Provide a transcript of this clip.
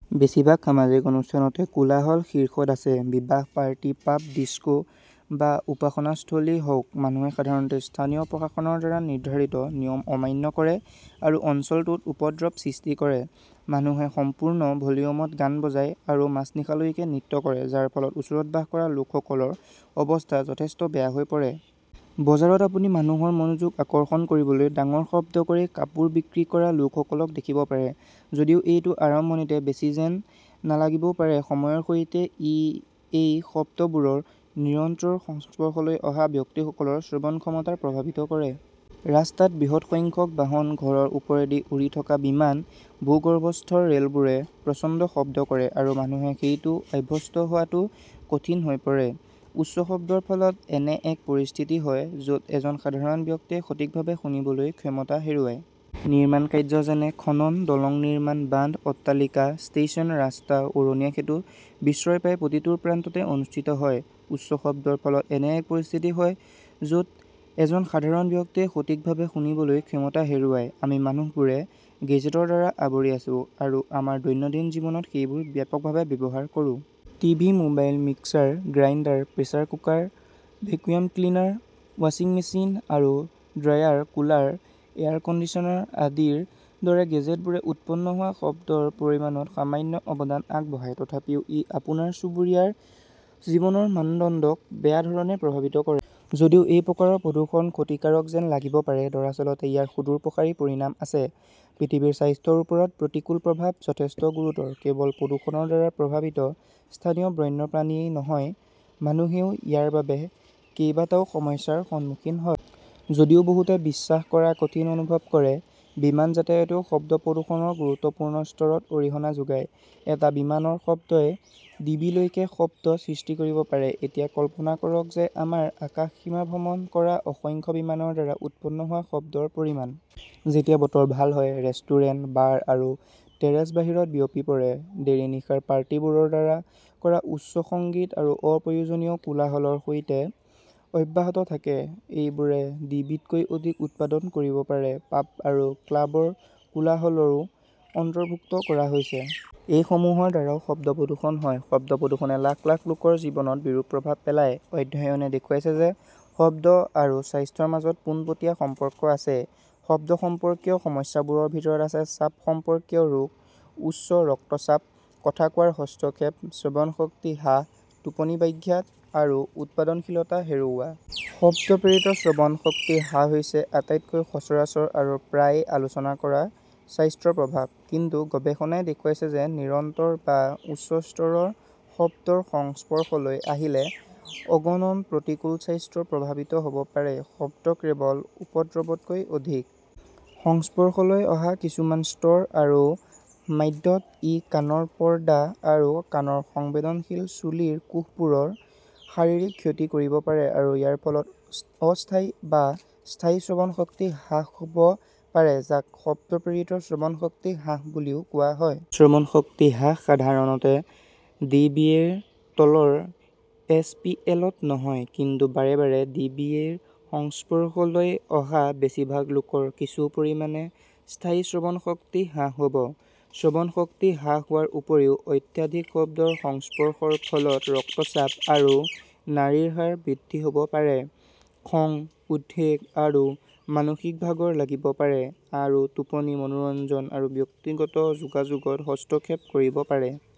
বেছিভাগ সামাজিক অনুষ্ঠানতে কোলাহল শীৰ্ষত আছে। বিবাহ, পাৰ্টি, পাব, ডিস্ক বা উপাসনাস্থলী হওঁক, মানুহে সাধাৰণতে স্থানীয় প্ৰশাসনৰ দ্বাৰা নিৰ্ধাৰিত নিয়ম অমান্য কৰে আৰু অঞ্চলটোত উপদ্ৰৱ সৃষ্টি কৰে। মানুহে সম্পূৰ্ণ ভলিউমত গান বজায় আৰু মাজনিশালৈকে নৃত্য কৰে, যাৰ ফলত ওচৰত বাস কৰা লোকসকলৰ অৱস্থা যথেষ্ট বেয়া হৈ পৰে। বজাৰত, আপুনি মানুহৰ মনোযোগ আকৰ্ষণ কৰিবলৈ ডাঙৰ শব্দ কৰি কাপোৰ বিক্ৰী কৰা লোকসকলক দেখিব পাৰে। যদিও এইটো আৰম্ভণিতে বেছি যেন নালাগিব পাৰে, সময়ৰ সৈতে, ই এই শব্দবোৰৰ নিৰন্তৰ সংস্পৰ্শলৈ অহা ব্যক্তিসকলৰ শ্ৰৱণ ক্ষমতা প্ৰভাৱিত কৰে। ৰাস্তাত বৃহৎ সংখ্যক বাহন, ঘৰৰ ওপৰেৰে উৰি থকা বিমান, ভূগৰ্ভস্থ ৰেলবোৰে প্ৰচণ্ড শব্দ কৰে, আৰু মানুহে সেইটোত অভ্যস্ত হোৱাটো কঠিন হৈ পৰে। উচ্চ শব্দৰ ফলত এনে এক পৰিস্থিতি হয় য'ত এজন সাধাৰণ ব্যক্তিয়ে সঠিকভাৱে শুনিবলৈ ক্ষমতা হেৰুৱয়। নিৰ্মাণকাৰ্যযেনে খনন, দলং নিৰ্মাণ, বান্ধ, অট্টালিকা, ষ্টেচন, ৰাস্তা, উৰণীয়া সেঁতু বিশ্বৰ প্ৰায় প্ৰতিটো প্ৰান্ততে অনুষ্ঠিত হয়। উচ্চ শব্দৰ ফলত এনে এক পৰিস্থিতি হয় য'ত এজন সাধাৰণ ব্যক্তিয়ে সঠিকভাৱে শুনিবলৈ ক্ষমতা হেৰুৱায়। আমি মানুহবোৰ গেজেটৰ দ্বাৰা আৱৰি আছোঁ আৰু আমাৰ দৈনন্দিন জীৱনত সেইবোৰ ব্যাপকভাৱে ব্যৱহাৰ কৰোঁ। TV, mobile, mixer grinder, pressure cooker, vacuum cleaner, ৱাছিং মেচিন আৰু ড্ৰায়াৰ, কুলাৰ, এয়াৰ কণ্ডিচনাৰ আদিৰ দৰে গেজেটবোৰে উৎপন্ন হোৱা শব্দৰ পৰিমাণত সামান্য অৱদান আগবঢ়ায়। তথাপিও, ই আপোনাৰ চুবুৰীয়াৰ জীৱনৰ মানদণ্ডক বেয়াধৰণে প্ৰভাৱিত কৰে। যদিও এই প্ৰকাৰৰ প্ৰদূষণ ক্ষতিকাৰক যেন লাগিব পাৰে, দৰাচলতে ইয়াৰ সুদূৰপ্ৰসাৰী পৰিণাম আছে। পৰিৱেশৰ স্বাস্থ্যৰ ওপৰত প্ৰতিকূল প্ৰভাৱ যথেষ্ট গুৰুতৰ। কেৱল প্ৰদূষণৰ দ্বাৰা প্ৰভাৱিত স্থানীয় বন্যপ্ৰাণীই নহয়, মানুহেও ইয়াৰ বাবে কেইবাটাও সমস্যাৰ সন্মুখীন হয়। যদিও বহুতে বিশ্বাস কৰাকঠিন অনুভৱ কৰে, বিমান যাতায়তেও শব্দ প্ৰদূষণৰ গুৰুত্বপূৰ্ণ স্তৰত অৰিহণা যোগায়। এটা বিমানৰ শব্দই ডিবি লৈকে শব্দ সৃষ্টি কৰিব পাৰে। এতিয়া, কল্পনা কৰক যে আমাৰ আকাশসীমাভ্ৰমণ কৰা অসংখ্য বিমানৰ দ্বাৰা উৎপন্ন হোৱা শব্দৰ পৰিমাণ। যেতিয়া বতৰ ভাল হয়, ৰেষ্টুৰেণ্ট, বাৰ আৰু টেৰেচ বাহিৰত বিয়পি পৰে। দেৰি নিশাৰ পাৰ্টিবোৰৰ দ্বাৰা কৰা উচ্চ সংগীত আৰু অপ্ৰয়োজনীয় কোলাহলৰ সৈতে অব্যাহত থাকে। এইবোৰে ডিবিতকৈ অধিক উৎপাদন কৰিব পাৰে। পাব আৰু ক্লাবৰ কোলাহলও অন্তৰ্ভুক্ত কৰা হৈছে। এই সমূহৰ দ্বাৰাও শব্দ প্ৰদূষণ হয়। শব্দ প্ৰদূষণে লাখ লাখ লোকৰ জীৱনত বিৰূপ প্ৰভাৱ পেলায়। অধ্যয়নে দেখুৱাইছে যে শব্দ আৰু স্বাস্থ্যৰ মাজত পোনপটীয়া সম্পৰ্ক আছে। শব্দ সম্পৰ্কীয় সমস্যাবোৰৰ ভিতৰত আছে চাপ সম্পৰ্কীয় ৰোগ, উচ্চ ৰক্তচাপ, কথা কোৱাৰ হস্তক্ষেপ, শ্ৰৱণ শক্তি হ্ৰাস, টোপনিব্যাঘাত, আৰু উৎপাদনশীলতা হেৰুওৱা। শব্দ প্ৰেৰিত শ্ৰৱণ শক্তি হ্ৰাস হৈছে আটাইতকৈ সচৰাচৰ আৰু প্ৰায়ে আলোচনা কৰা স্বাস্থ্যপ্ৰভাৱ, কিন্তু গৱেষণাই দেখুৱাইছে যে নিৰন্তৰ বা উচ্চ স্তৰৰ শব্দৰ সংস্পৰ্শলৈ আহিলে অগণন প্ৰতিকূল স্বাস্থ্য প্ৰভাৱিত হ'ব পাৰে। শব্দ কেৱল উপদ্ৰৱতকৈ অধিক। সংস্পৰ্শলৈ অহাৰ কিছুমান স্তৰ আৰু ম্যাদত, ই কাণৰ পৰ্দা আৰু কাণৰ সংবেদনশীল চুলিৰ কোষবোৰৰ শাৰীৰিক ক্ষতি কৰিব পাৰে আৰু ইয়াৰ ফলত অস্থায়ী বা স্থায়ী শ্ৰৱণ শক্তি হ্ৰাস হ'ব পাৰে, যাক শব্দ-প্ৰেৰিত শ্ৰৱণ শক্তি হ্ৰাস বুলি কোৱা হয়। শ্ৰৱণ শক্তি হ্ৰাস সাধাৰণতে ডিবিএ-ৰ তলৰ এছ. পি. এল. -ত নহয়, কিন্তু বাৰে বাৰে ডি. বি. এ. -ৰ সংস্পৰ্শলৈ অহা বেছিভাগ লোকৰ কিছু পৰিমাণে স্থায়ী শ্ৰৱণ শক্তি হ্ৰাস হ'ব। শ্ৰৱণ শক্তি হ্ৰাস হোৱাৰ উপৰিও, অত্যাধিক শব্দৰ সংস্পৰ্শৰ ফলত ৰক্তচাপ আৰু নাড়ীৰ হাৰ বৃদ্ধি হ'ব পাৰে, খং, উদ্বেগ আৰু মানসিক ভাগৰ লাগিব পাৰে, আৰু টোপনি, মনোৰঞ্জন আৰু ব্যক্তিগত যোগাযোগত হস্তক্ষেপ কৰিব পাৰে।